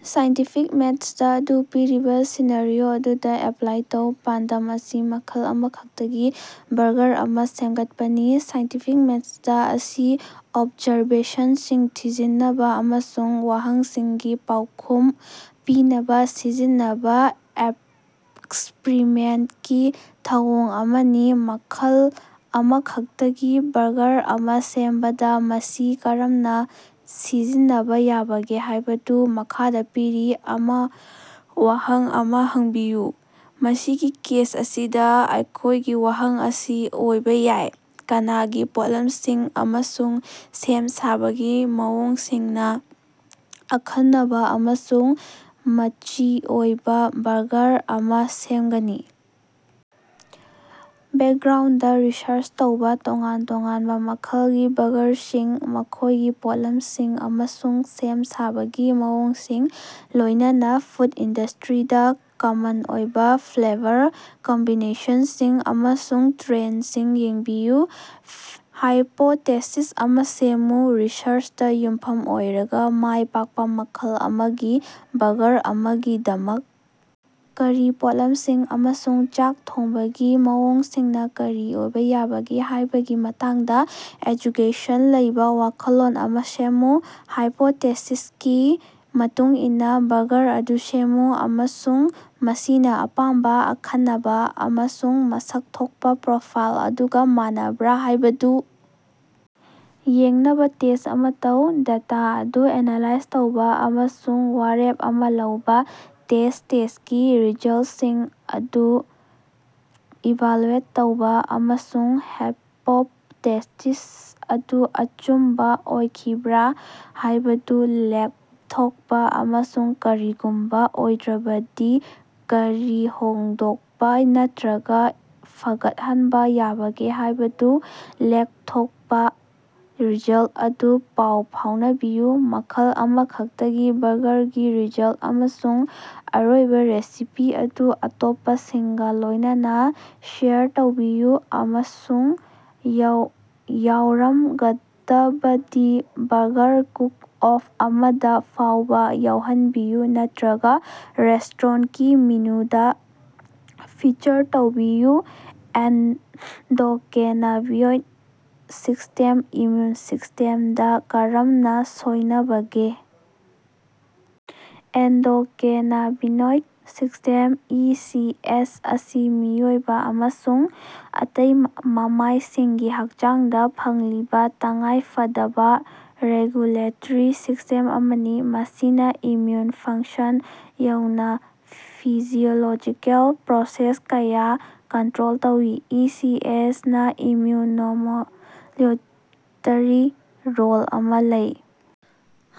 Scientific ꯃꯦꯊꯗ ꯑꯗꯨ ꯄꯤꯔꯤꯕ ꯁꯤꯅꯥꯔꯤꯑꯣ ꯑꯗꯨꯗ ꯑꯦꯄ꯭ꯂꯥꯏ ꯇꯧ꯫ ꯄꯥꯟꯗꯝ ꯑꯁꯤ ꯃꯈꯜ ꯑꯃꯈꯛꯇꯒꯤ ꯕꯔꯒꯔ ꯑꯃ ꯁꯦꯝꯒꯠꯄꯅꯤ꯫ ꯁꯥꯏꯟꯇꯤꯐꯤꯛ ꯃꯦꯊꯗ ꯑꯁꯤ ꯑꯣꯕꯖꯥꯔꯕꯦꯁꯟꯁꯤꯡ ꯊꯤꯖꯤꯟꯅꯕ ꯑꯃꯁꯨꯡ ꯋꯥꯍꯪꯁꯤꯡꯒꯤ ꯄꯥꯎꯈꯨꯝ ꯄꯤꯅꯕ ꯁꯤꯖꯤꯟꯅꯕ ꯑꯦꯛꯁ꯭ꯄꯔꯤꯃꯦꯟꯇꯀꯤ ꯊꯧꯑꯣꯡ ꯑꯃꯅꯤ꯫ ꯃꯈꯜ ꯑꯃꯈꯛꯇꯒꯤ ꯕꯔꯒꯥꯔ ꯑꯃ ꯁꯦꯝꯕꯗ ꯃꯁꯤ ꯀꯔꯝꯅ ꯁꯤꯖꯤꯟꯅꯕ ꯌꯥꯕꯒꯦ ꯍꯥꯏꯕꯗꯨ ꯃꯈꯥꯗ ꯄꯤꯔꯤ ꯑꯃ ꯋꯥꯍꯪ ꯑꯃ ꯍꯪꯕꯤꯌꯨ꯫ ꯃꯁꯤꯒꯤ ꯀꯦꯁ ꯑꯁꯤꯗ ꯑꯩꯈꯣꯌꯒꯤ ꯋꯥꯍꯪ ꯑꯁꯤ ꯑꯣꯏꯕ ꯌꯥꯏ: "ꯀꯅꯥꯒꯤ ꯄꯣꯠꯂꯝꯁꯤꯡ ꯑꯃꯁꯨꯡ ꯁꯦꯝ ꯁꯥꯕꯒꯤ ꯃꯑꯣꯡꯁꯤꯡꯅ ꯑꯈꯟꯅꯕ ꯑꯃꯁꯨꯡ ꯃꯆꯤ ꯑꯣꯏꯕ ꯕꯔꯒꯥꯔ ꯑꯃ ꯁꯦꯝꯒꯅꯤ꯫"? ꯕꯦꯛꯒ꯭ꯔꯥꯎꯟꯗ ꯔꯤꯁꯔꯆ ꯇꯧꯕ꯫ ꯇꯣꯉꯥꯟ ꯇꯣꯉꯥꯟꯕ ꯃꯈꯜꯒꯤ ꯕꯔꯒꯥꯔꯁꯤꯡ, ꯃꯈꯣꯏꯒꯤ ꯄꯣꯠꯂꯝꯁꯤꯡ, ꯑꯃꯁꯨꯡ ꯁꯦꯝ ꯁꯥꯕꯒꯤ ꯃꯑꯣꯡꯁꯤꯡ, ꯂꯣꯏꯅꯅ ꯐꯨꯗ ꯏꯟꯗꯁꯇꯔꯤꯗꯥ ꯀꯃꯟ ꯑꯣꯏꯕ ꯐ꯭ꯂꯦꯕꯔ ꯀꯝꯕꯤꯅꯦꯁꯟꯁꯤꯡ ꯑꯃꯁꯨꯡ ꯇ꯭ꯔꯦꯟꯗꯁꯤꯡ ꯌꯦꯡꯕꯤꯌꯨ꯫ ꯍꯥꯏꯄꯣꯇꯦꯁꯤꯁ ꯑꯃ ꯁꯦꯝꯃꯨ꯫ ꯔꯤꯁꯔꯆꯇ ꯌꯨꯝꯐꯝ ꯑꯣꯏꯔꯒ, ꯃꯥꯏꯄꯥꯛꯄ ꯃꯈꯜ ꯑꯃꯒꯤ ꯕꯔꯒꯥꯔ ꯑꯃꯒꯤꯗꯃꯛ ꯀꯔꯤ ꯄꯣꯠꯂꯝꯁꯤꯡ ꯑꯃꯁꯨꯡ ꯆꯥꯛ ꯊꯣꯡꯕꯒꯤ ꯃꯑꯣꯡꯁꯤꯡꯅ ꯀꯔꯤ ꯑꯣꯏꯕ ꯌꯥꯕꯒꯦ ꯍꯥꯏꯕꯒꯤ ꯃꯇꯥꯡꯗ ꯑꯦꯖꯨꯀꯦꯁꯟ ꯂꯩꯕ ꯋꯥꯈꯜꯂꯣꯟ ꯑꯃ ꯁꯦꯝꯃꯨ꯫ ꯍꯥꯏꯄꯣꯇꯦꯁꯤꯁꯀꯤ ꯃꯇꯨꯡ ꯏꯟꯅ ꯕꯔꯒꯥꯔ ꯑꯗꯨ ꯁꯦꯝꯃꯨ ꯑꯃꯁꯨꯡ ꯃꯁꯤꯅ ꯑꯄꯥꯝꯕ ꯑꯈꯟꯅꯕ ꯑꯃꯁꯨꯡ ꯃꯁꯛ ꯊꯣꯛꯄ ꯄ꯭ꯔꯣꯐꯥꯏꯜ ꯑꯗꯨꯒ ꯃꯥꯟꯅꯕ꯭ꯔ ꯍꯥꯏꯕꯗꯨ ꯌꯦꯡꯅꯕ ꯇꯦꯁ꯭ꯠ ꯑꯃ ꯇꯧ꯫ ꯗꯦꯇꯥ ꯑꯗꯨ ꯑꯦꯅꯥꯂꯥꯏꯖ ꯇꯧꯕ ꯑꯃꯁꯨꯡ ꯋꯥꯔꯦꯞ ꯑꯃ ꯂꯧꯕ꯫ ꯇꯦꯁ꯭ꯠ ꯇꯦꯁ꯭ꯠꯀꯤ ꯔꯤꯖꯜꯁꯤꯡ ꯑꯗꯨ ꯏꯚꯥꯂꯨꯑꯦꯠ ꯇꯧꯕ ꯑꯃꯁꯨꯡ ꯍꯥꯏꯄꯣꯇꯦꯁꯤꯁ ꯑꯗꯨ ꯑꯆꯨꯝꯕ ꯑꯣꯏꯈꯤꯕ꯭ꯔ ꯍꯥꯏꯕꯗꯨ ꯂꯦꯞꯊꯣꯛꯄ, ꯑꯃꯁꯨꯡ ꯀꯔꯤꯒꯨꯝꯕ ꯑꯣꯏꯗ꯭ꯔꯕꯗꯤ ꯀꯔꯤ ꯍꯣꯡꯗꯣꯛꯄ ꯅꯠꯇꯔꯒ ꯐꯒꯠꯍꯟꯕ ꯌꯥꯕꯒꯦ ꯍꯥꯏꯕꯗꯨ ꯂꯦꯞꯊꯣꯛꯄ꯫ ꯔꯤꯖꯜꯇ ꯑꯗꯨ ꯄꯥꯎ ꯐꯥꯎꯅꯕꯤꯌꯨ꯫ ꯃꯈꯜ ꯑꯃꯈꯛꯇꯒꯤ ꯕꯔꯒꯥꯔꯒꯤ ꯔꯤꯖꯜꯇ ꯑꯃꯁꯨꯡ ꯑꯔꯣꯏꯕ ꯔꯦꯁꯤꯄꯤ ꯑꯗꯨ ꯑꯇꯣꯞꯄꯁꯤꯡꯒ ꯂꯣꯏꯅꯅ ꯁꯦꯌꯔ ꯇꯧꯕꯤꯌꯨ, ꯑꯃꯁꯨꯡ ꯌꯥꯎꯔꯝꯒꯗꯕꯗꯤ ꯕꯔꯒꯥꯔ ꯀꯨꯛ-ꯑꯣꯐ ꯑꯃꯗ ꯐꯥꯎꯕ ꯌꯥꯎꯍꯟꯕꯤꯌꯨ ꯅꯠꯇꯔꯒ ꯔꯦꯁ꯭ꯇꯣꯔꯦꯟꯇꯀꯤ ꯃꯦꯅꯨꯗ ꯐꯤꯆꯔ ꯇꯧꯕꯤꯌꯨ꯫ ꯑꯦꯟꯗꯣꯀꯦꯅꯥꯕꯤꯅꯣꯏꯗ ꯁꯤꯁ꯭ꯇꯦꯝꯅ ꯏꯝꯃꯌꯨꯟ ꯁꯤꯁ꯭ꯇꯦꯝꯗ ꯀꯔꯝꯅ ꯁꯣꯏꯅꯕꯒꯦ? Endocannabinoid system (E. ꯁꯤ. ꯑꯦꯁ.) ꯑꯁꯤ ꯃꯤꯑꯣꯏꯕ ꯑꯃꯁꯨꯡ ꯑꯇꯩ ꯃꯃꯥꯏꯁꯤꯡꯒꯤ ꯍꯛꯆꯥꯡꯗ ꯐꯪꯂꯤꯕ ꯇꯉꯥꯏꯐꯗꯕ ꯔꯦꯒꯨꯂꯦꯇꯔꯤ ꯁꯤꯁ꯭ꯇꯦꯝ ꯑꯃꯅꯤ꯫ ꯃꯁꯤꯅ ꯏꯝꯃ꯭ꯌꯨꯟ ꯐꯪꯁꯟ ꯌꯥꯎꯅ ꯐꯤꯖꯤꯑꯣꯂꯣꯖꯤꯀꯦꯜ ꯄ꯭ꯔꯣꯁꯦꯁ ꯀꯌꯥ ꯀꯟꯇ꯭ꯔꯣꯜ ꯇꯧꯏ꯫ ꯏ. ꯁꯤ. ꯑꯦꯁ. ꯅꯥ ꯏꯝꯃ꯭ꯌꯨꯅꯣꯃꯣꯗ꯭ꯌꯨꯂꯦꯇꯔꯤ ꯔꯣꯜ ꯑꯃ ꯂꯩ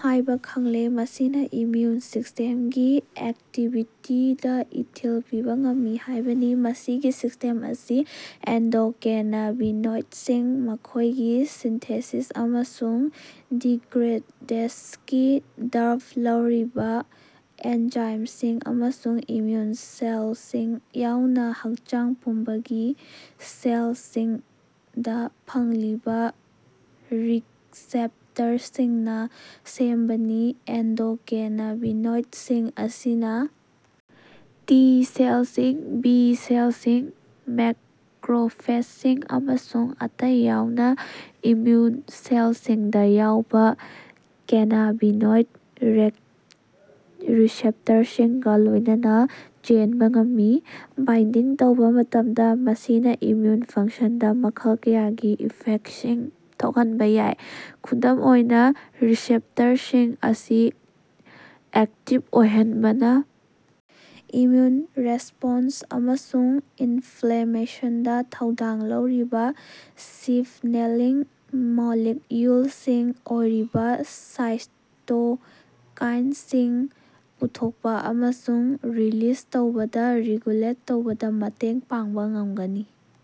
ꯍꯥꯏꯕ ꯈꯪꯂꯦ, ꯃꯁꯤꯅ ꯏꯝꯃꯌꯨꯟ ꯁꯤꯁ꯭ꯇꯦꯝꯒꯤ ꯑꯦꯛꯇꯤꯚꯤꯇꯤꯗ ꯏꯊꯤꯜ ꯄꯤꯕ ꯉꯝꯃꯤ ꯍꯥꯏꯕꯅꯤ꯫ ꯃꯁꯤꯒꯤ ꯁꯤꯁ꯭ꯇꯦꯝ ꯑꯁꯤ ꯑꯦꯟꯗꯣꯀꯦꯅꯥꯕꯤꯅꯣꯏꯗꯁꯤꯡ, ꯃꯈꯣꯏꯒꯤ ꯁꯤꯟꯊꯦꯁꯤꯁ ꯑꯃꯁꯨꯡ ꯗꯤꯒ꯭ꯔꯦꯗꯦꯁꯒꯤ ꯗꯥꯌꯠꯕ ꯂꯧꯔꯤꯕꯥ ꯑꯦꯟꯖꯥꯏꯝꯁꯤꯡ ꯑꯃꯁꯨꯡ ꯏꯝꯃꯌꯨꯟ ꯁꯦꯜꯁꯤꯡ ꯌꯥꯎꯅ ꯍꯛꯆꯥꯡ ꯄꯨꯝꯕꯒꯤ ꯁꯦꯜꯁꯤꯡꯗ ꯐꯪꯂꯤꯕ ꯔꯤꯁꯦꯞꯇꯔꯁꯤꯡꯅ ꯁꯦꯝꯕꯅꯤ꯫ ꯑꯦꯟꯗꯣꯀꯦꯅꯥꯕꯤꯅꯣꯏꯗꯁꯤꯡ ꯑꯁꯤꯅ ꯇꯤ ꯁꯦꯜꯁꯤꯡ, ꯕꯤ ꯁꯦꯜꯁꯤꯡ, ꯃꯦꯀꯔꯣꯐꯦꯖꯁꯤꯡ ꯑꯃꯁꯨꯡ ꯑꯇꯩ ꯌꯥꯎꯅ ꯏꯝꯃꯌꯨꯟ ꯁꯦꯜꯁꯤꯡꯗ ꯌꯥꯎꯕ ꯀꯦꯅꯥꯕꯤꯅꯣꯏꯗ ꯔꯤꯁꯦꯞꯇꯔꯁꯤꯡꯒ ꯂꯣꯏꯅꯅ ꯆꯦꯟꯕ ꯉꯝꯃꯤ꯫ ꯕꯥꯏꯟꯗꯤꯡ ꯇꯧꯕ ꯃꯇꯝꯗ, ꯃꯁꯤꯅ ꯏꯝꯃꯌꯨꯟ ꯐꯪꯁꯟꯗ ꯃꯈꯜ ꯀꯌꯥꯒꯤ ꯏꯐꯦꯛꯇꯁꯤꯡ ꯊꯣꯛꯍꯟꯕ ꯌꯥꯏ꯫ ꯈꯨꯗꯝ ꯑꯣꯏꯅ, ꯔꯤꯁꯦꯞꯇꯔꯁꯤꯡ ꯑꯁꯤ ꯑꯦꯛꯇꯤꯚ ꯑꯣꯏꯍꯟꯕꯅ ꯏꯝꯃꯌꯨꯟ ꯔꯦꯁꯄꯣꯟꯁ ꯑꯃꯁꯨꯡ ꯏꯟꯐ꯭ꯂꯦꯃꯦꯁꯟꯗ ꯊꯧꯗꯥꯡ ꯂꯧꯔꯤꯕ ꯁꯤꯒꯅꯦꯂꯤꯡ ꯃꯣꯂꯤꯛꯌꯨꯜꯁꯤꯡ ꯑꯣꯏꯔꯤꯕ ꯁꯥꯏꯇꯣꯀꯥꯏꯟꯁꯤꯡ ꯄꯨꯊꯣꯛꯄ ꯑꯃꯁꯨꯡ ꯔꯤꯂꯤꯖ ꯇꯧꯕꯗ ꯔꯤꯒꯨꯂꯦꯠ ꯇꯧꯕꯗ ꯃꯇꯦꯡ ꯄꯥꯡꯕ ꯉꯝꯒꯅꯤ꯫